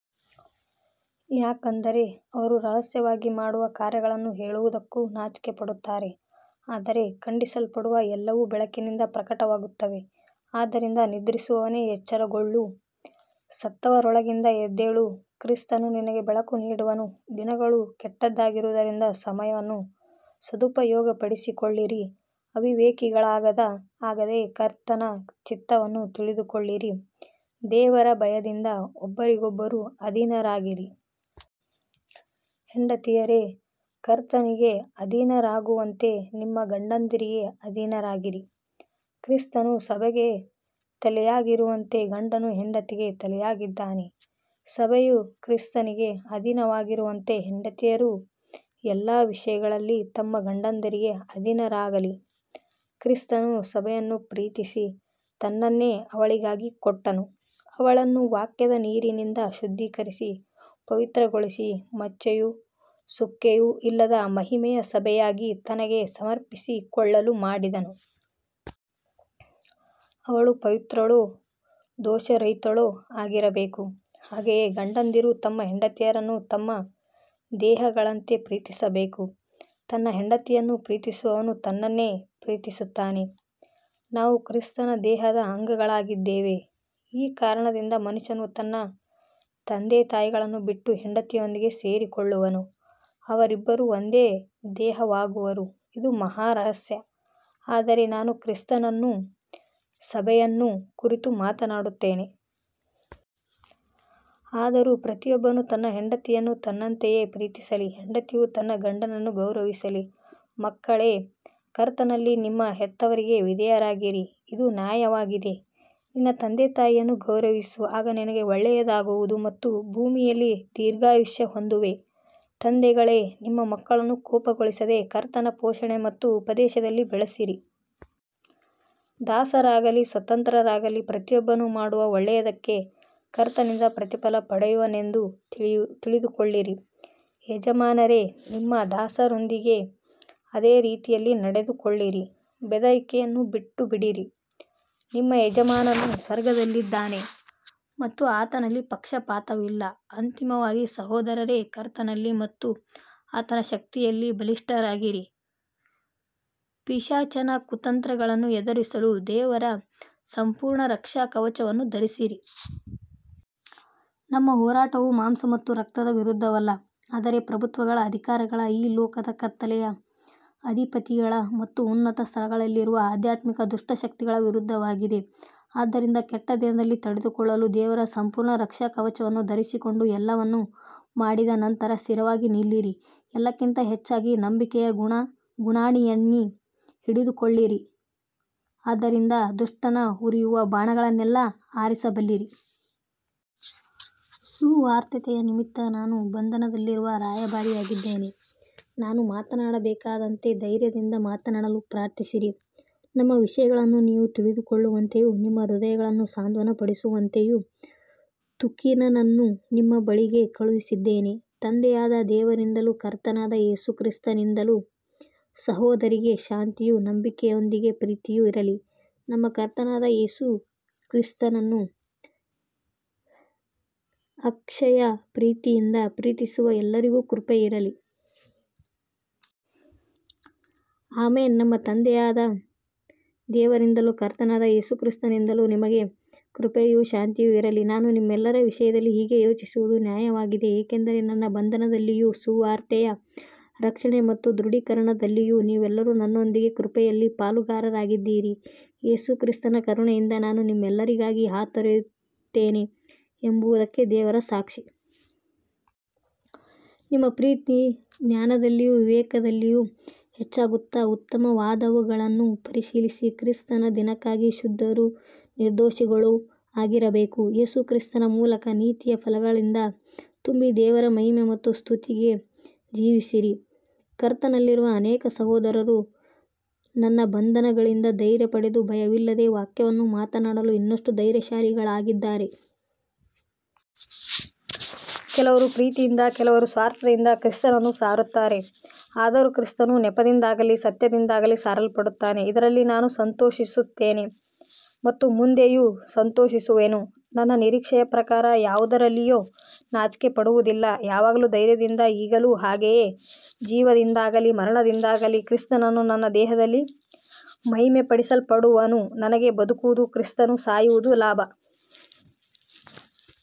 ಯಾಕಂದರೆ ಅವರು ರಹಸ್ಯವಾಗಿ ಮಾಡುವ ಕಾರ್ಯಗಳನ್ನು ಹೇಳುವುದಕ್ಕೂ ನಾಚಿಕೆಪಡುತ್ತಾರೆ. ಆದರೆ ಖಂಡಿಸಲ್ಪಡುವ ಎಲ್ಲವೂ ಬೆಳಕಿನಿಂದ ಪ್ರಕಟವಾಗುತ್ತವೆ. ಆದ್ದರಿಂದ ನಿದ್ರಿಸುವವನೇ ಎಚ್ಚರಗೊಳ್ಳು, ಸತ್ತವರೊಳಗಿಂದ ಎದ್ದೇಳು, ಕ್ರಿಸ್ತನು ನಿನಗೆ ಬೆಳಕು ನೀಡುವನು. ದಿನಗಳು ಕೆಟ್ಟದ್ದಾಗಿರುವುದರಿಂದ ಸಮಯವನ್ನು ಸದುಪಯೋಗಪಡಿಸಿಕೊಳ್ಳಿರಿ. ಅವಿವೇಕಿಗಳಾಗದೆ ಕರ್ತನ ಚಿತ್ತವನ್ನು ತಿಳಿದುಕೊಳ್ಳಿರಿ. ದೇವರ ಭಯದಿಂದ ಒಬ್ಬರಿಗೊಬ್ಬರು ಅಧೀನರಾಗಿರಿ. ಹೆಂಡತಿಯರೇ, ಕರ್ತನಿಗೆ ಅಧೀನರಾಗುವಂತೆ ನಿಮ್ಮ ಗಂಡಂದಿರಿಗೆ ಅಧೀನರಾಗಿರಿ. ಕ್ರಿಸ್ತನು ಸಭೆಗೆ ತಲೆಯಾಗಿರುವಂತೆ ಗಂಡನು ಹೆಂಡತಿಗೆ ತಲೆಯಾಗಿದ್ದಾನೆ. ಸಭೆಯು ಕ್ರಿಸ್ತನಿಗೆ ಅಧೀನವಾಗಿರುವಂತೆ ಹೆಂಡತಿಯರೂ ಎಲ್ಲ ವಿಷಯಗಳಲ್ಲಿ ತಮ್ಮ ಗಂಡಂದಿರಿಗೆ ಅಧೀನರಾಗಲಿ. ಕ್ರಿಸ್ತನು ಸಭೆಯನ್ನು ಪ್ರೀತಿಸಿ ತನ್ನನ್ನೇ ಅವಳಿಗಾಗಿ ಕೊಟ್ಟನು. ಅವಳನ್ನು ವಾಕ್ಯದ ನೀರಿನಿಂದ ಶುದ್ಧೀಕರಿಸಿ ಪವಿತ್ರಗೊಳಿಸಿ, ಮಚ್ಚೆಯೂ ಸುಕ್ಕೆಯೂ ಇಲ್ಲದ ಮಹಿಮೆಯ ಸಭೆಯಾಗಿ ತನಗೆ ಸಮರ್ಪಿಸಿಕೊಳ್ಳಲು ಮಾಡಿದನು. ಅವಳು ಪವಿತ್ರಳೂ ದೋಷರಹಿತಳೂ ಆಗಿರಬೇಕು. ಹಾಗೆಯೇ ಗಂಡಂದಿರು ತಮ್ಮ ಹೆಂಡತಿಯರನ್ನು ತಮ್ಮ ದೇಹಗಳಂತೆ ಪ್ರೀತಿಸಬೇಕು. ತನ್ನ ಹೆಂಡತಿಯನ್ನು ಪ್ರೀತಿಸುವವನು ತನ್ನನ್ನೇ ಪ್ರೀತಿಸುತ್ತಾನೆ. ನಾವು ಕ್ರಿಸ್ತನ ದೇಹದ ಅಂಗಗಳಾಗಿದ್ದೇವೆ. ಈ ಕಾರಣದಿಂದ ಮನುಷ್ಯನು ತನ್ನ ತಂದೆತಾಯಿಗಳನ್ನು ಬಿಟ್ಟು ಹೆಂಡತಿಯೊಂದಿಗೆ ಸೇರಿಕೊಳ್ಳುವನು, ಅವರಿಬ್ಬರೂ ಒಂದೇ ದೇಹವಾಗುವರು. ಇದು ಮಹಾ ರಹಸ್ಯ, ಆದರೆ ನಾನು ಕ್ರಿಸ್ತನನ್ನೂ ಸಭೆಯನ್ನೂ ಕುರಿತು ಮಾತನಾಡುತ್ತೇನೆ. ಆದರೂ ಪ್ರತಿಯೊಬ್ಬನು ತನ್ನ ಹೆಂಡತಿಯನ್ನು ತನ್ನಂತೆಯೇ ಪ್ರೀತಿಸಲಿ, ಹೆಂಡತಿಯು ತನ್ನ ಗಂಡನನ್ನು ಗೌರವಿಸಲಿ. ಮಕ್ಕಳೇ, ಕರ್ತನಲ್ಲಿ ನಿಮ್ಮ ಹೆತ್ತವರಿಗೆ ವಿಧೇಯರಾಗಿರಿ, ಇದು ನ್ಯಾಯವಾಗಿದೆ. ನಿನ್ನ ತಂದೆತಾಯಿಯನ್ನು ಗೌರವಿಸು, ಆಗ ನಿನಗೆ ಒಳ್ಳೆಯದಾಗುವುದು ಮತ್ತು ಭೂಮಿಯಲ್ಲಿ ದೀರ್ಘಾಯುಷ್ಯ ಹೊಂದುವೆ. ತಂದೆಗಳೇ, ನಿಮ್ಮ ಮಕ್ಕಳನ್ನು ಕೋಪಗೊಳಿಸದೆ ಕರ್ತನ ಪೋಷಣೆ ಮತ್ತು ಉಪದೇಶದಲ್ಲಿ ಬೆಳೆಸಿರಿ. ದಾಸರಾಗಲಿ ಸ್ವತಂತ್ರರಾಗಲಿ, ಪ್ರತಿಯೊಬ್ಬನು ಮಾಡುವ ಒಳ್ಳೆಯದಕ್ಕೆ ಕರ್ತನಿಂದ ಪ್ರತಿಫಲ ಪಡೆಯುವನೆಂದು ತಿಳಿದುಕೊಳ್ಳಿರಿ. ಯಜಮಾನರೇ, ನಿಮ್ಮ ದಾಸರೊಂದಿಗೆ ಅದೇ ರೀತಿಯಲ್ಲಿ ನಡೆದುಕೊಳ್ಳಿರಿ, ಬೆದರಿಕೆಯನ್ನು ಬಿಟ್ಟುಬಿಡಿರಿ. ನಿಮ್ಮ ಯಜಮಾನನು ಸ್ವರ್ಗದಲ್ಲಿದ್ದಾನೆ ಮತ್ತು ಆತನಲ್ಲಿ ಪಕ್ಷಪಾತವಿಲ್ಲ. ಅಂತಿಮವಾಗಿ, ಸಹೋದರರೇ, ಕರ್ತನಲ್ಲಿ ಮತ್ತು ಆತನ ಶಕ್ತಿಯಲ್ಲಿ ಬಲಿಷ್ಠರಾಗಿರಿ. ಪಿಶಾಚನ ಕುತಂತ್ರಗಳನ್ನು ಎದುರಿಸಲು ದೇವರ ಸಂಪೂರ್ಣ ರಕ್ಷಾಕವಚವನ್ನು ಧರಿಸಿರಿ. ನಮ್ಮ ಹೋರಾಟವು ಮಾಂಸ ಮತ್ತು ರಕ್ತದ ವಿರುದ್ಧವಲ್ಲ, ಆದರೆ ಪ್ರಭುತ್ವಗಳ, ಅಧಿಕಾರಗಳ, ಈ ಲೋಕದ ಕತ್ತಲೆಯ ಅಧಿಪತಿಗಳ ಮತ್ತು ಉನ್ನತ ಸ್ಥಳಗಳಲ್ಲಿರುವ ಆಧ್ಯಾತ್ಮಿಕ ದುಷ್ಟಶಕ್ತಿಗಳ ವಿರುದ್ಧವಾಗಿದೆ. ಆದ್ದರಿಂದ ಕೆಟ್ಟ ದಿನದಲ್ಲಿ ತಡೆದುಕೊಳ್ಳಲು ದೇವರ ಸಂಪೂರ್ಣ ರಕ್ಷಾಕವಚವನ್ನು ಧರಿಸಿಕೊಂಡು ಎಲ್ಲವನ್ನೂ ಮಾಡಿದ ನಂತರ ಸ್ಥಿರವಾಗಿ ನಿಲ್ಲಿರಿ. ಎಲ್ಲಕ್ಕಿಂತ ಹೆಚ್ಚಾಗಿ ನಂಬಿಕೆಯ ಗುರಾಣಿಯನ್ನು ಹಿಡಿದುಕೊಳ್ಳಿರಿ, ಅದರಿಂದ ದುಷ್ಟನ ಉರಿಯುವ ಬಾಣಗಳನ್ನೆಲ್ಲ ಆರಿಸಬಲ್ಲಿರಿ. ಸುವಾರ್ತೆಯ ನಿಮಿತ್ತ ನಾನು ಬಂಧನದಲ್ಲಿರುವ ರಾಯಭಾರಿಯಾಗಿದ್ದೇನೆ. ನಾನು ಮಾತನಾಡಬೇಕಾದಂತೆ ಧೈರ್ಯದಿಂದ ಮಾತನಾಡಲು ಪ್ರಾರ್ಥಿಸಿರಿ. ನಮ್ಮ ವಿಷಯಗಳನ್ನು ನೀವು ತಿಳಿದುಕೊಳ್ಳುವಂತೆಯೂ ನಿಮ್ಮ ಹೃದಯಗಳನ್ನು ಸಾಂತ್ವನಪಡಿಸುವಂತೆಯೂ ತುಕಿಕನನ್ನು ನಿಮ್ಮ ಬಳಿಗೆ ಕಳುಹಿಸಿದ್ದೇನೆ. ತಂದೆಯಾದ ದೇವರಿಂದಲೂ ಕರ್ತನಾದ ಯೇಸು ಕ್ರಿಸ್ತನಿಂದಲೂ ಸಹೋದರರಿಗೆ ಶಾಂತಿಯೂ ನಂಬಿಕೆಯೊಂದಿಗೆ ಪ್ರೀತಿಯೂ ಇರಲಿ. ನಮ್ಮ ಕರ್ತನಾದ ಯೇಸು ಕ್ರಿಸ್ತನನ್ನು ಅಕ್ಷಯ ಪ್ರೀತಿಯಿಂದ ಪ್ರೀತಿಸುವ ಎಲ್ಲರಿಗೂ ಕೃಪೆ ಇರಲಿ. ಆಮೆನ್. ನಮ್ಮ ತಂದೆಯಾದ ದೇವರಿಂದಲೂ ಕರ್ತನಾದ ಯೇಸು ಕ್ರಿಸ್ತನಿಂದಲೂ ನಿಮಗೆ ಕೃಪೆಯೂ ಶಾಂತಿಯೂ ಇರಲಿ. ನಾನು ನಿಮ್ಮೆಲ್ಲರ ವಿಷಯದಲ್ಲಿ ಹೀಗೆ ಯೋಚಿಸುವುದು ನ್ಯಾಯವಾಗಿದೆ, ಏಕೆಂದರೆ ನನ್ನ ಬಂಧನದಲ್ಲಿಯೂ ಸುವಾರ್ತೆಯ ರಕ್ಷಣೆ ಮತ್ತು ದೃಢೀಕರಣದಲ್ಲಿಯೂ ನೀವೆಲ್ಲರೂ ನನ್ನೊಂದಿಗೆ ಕೃಪೆಯಲ್ಲಿ ಪಾಲುಗಾರರಾಗಿದ್ದೀರಿ. ಯೇಸು ಕ್ರಿಸ್ತನ ಕರುಣೆಯಿಂದ ನಾನು ನಿಮ್ಮೆಲ್ಲರಿಗಾಗಿ ಹಾತೊರೆಯುತ್ತೇನೆ ಎಂಬುದಕ್ಕೆ ದೇವರೇ ಸಾಕ್ಷಿ. ನಿಮ್ಮ ಪ್ರೀತಿ ಜ್ಞಾನದಲ್ಲಿಯೂ ವಿವೇಕದಲ್ಲಿಯೂ ಹೆಚ್ಚಾಗುತ್ತಾ, ಉತ್ತಮವಾದವುಗಳನ್ನು ಪರಿಶೀಲಿಸಿ, ಕ್ರಿಸ್ತನ ದಿನಕ್ಕಾಗಿ ಶುದ್ಧರೂ ನಿರ್ದೋಷಿಗಳೂ ಆಗಿರಬೇಕು. ಯೇಸು ಕ್ರಿಸ್ತನ ಮೂಲಕ ನೀತಿಯ ಫಲಗಳಿಂದ ತುಂಬಿ ದೇವರ ಮಹಿಮೆ ಮತ್ತು ಸ್ತುತಿಗೆ ಜೀವಿಸಿರಿ. ಕರ್ತನಲ್ಲಿರುವ ಅನೇಕ ಸಹೋದರರು ನನ್ನ ಬಂಧನಗಳಿಂದ ಧೈರ್ಯ ಪಡೆದು ಭಯವಿಲ್ಲದೆ ವಾಕ್ಯವನ್ನು ಮಾತನಾಡಲು ಇನ್ನಷ್ಟು ಧೈರ್ಯಶಾಲಿಗಳಾಗಿದ್ದಾರೆ. ಕೆಲವರು ಪ್ರೀತಿಯಿಂದ, ಕೆಲವರು ಸ್ವಾರ್ಥದಿಂದ ಕ್ರಿಸ್ತನನ್ನು ಸಾರುತ್ತಾರೆ. ಆದರೂ ಕ್ರಿಸ್ತನು ನೆಪದಿಂದಾಗಲಿ ಸತ್ಯದಿಂದಾಗಲಿ ಸಾರಲ್ಪಡುತ್ತಾನೆ, ಇದರಲ್ಲಿ ನಾನು ಸಂತೋಷಿಸುತ್ತೇನೆ ಮತ್ತು ಮುಂದೆಯೂ ಸಂತೋಷಿಸುವೆನು. ನನ್ನ ನಿರೀಕ್ಷೆಯ ಪ್ರಕಾರ ಯಾವುದರಲ್ಲಿಯೂ ನಾಚಿಕೆಪಡುವುದಿಲ್ಲ. ಯಾವಾಗಲೂ ಧೈರ್ಯದಿಂದ, ಈಗಲೂ ಹಾಗೆಯೇ, ಜೀವದಿಂದಾಗಲಿ ಮರಣದಿಂದಾಗಲಿ ಕ್ರಿಸ್ತನು ನನ್ನ ದೇಹದಲ್ಲಿ ಮಹಿಮೆಪಡಿಸಲ್ಪಡುವನು. ನನಗೆ ಬದುಕುವುದು ಕ್ರಿಸ್ತನು, ಸಾಯುವುದು ಲಾಭ.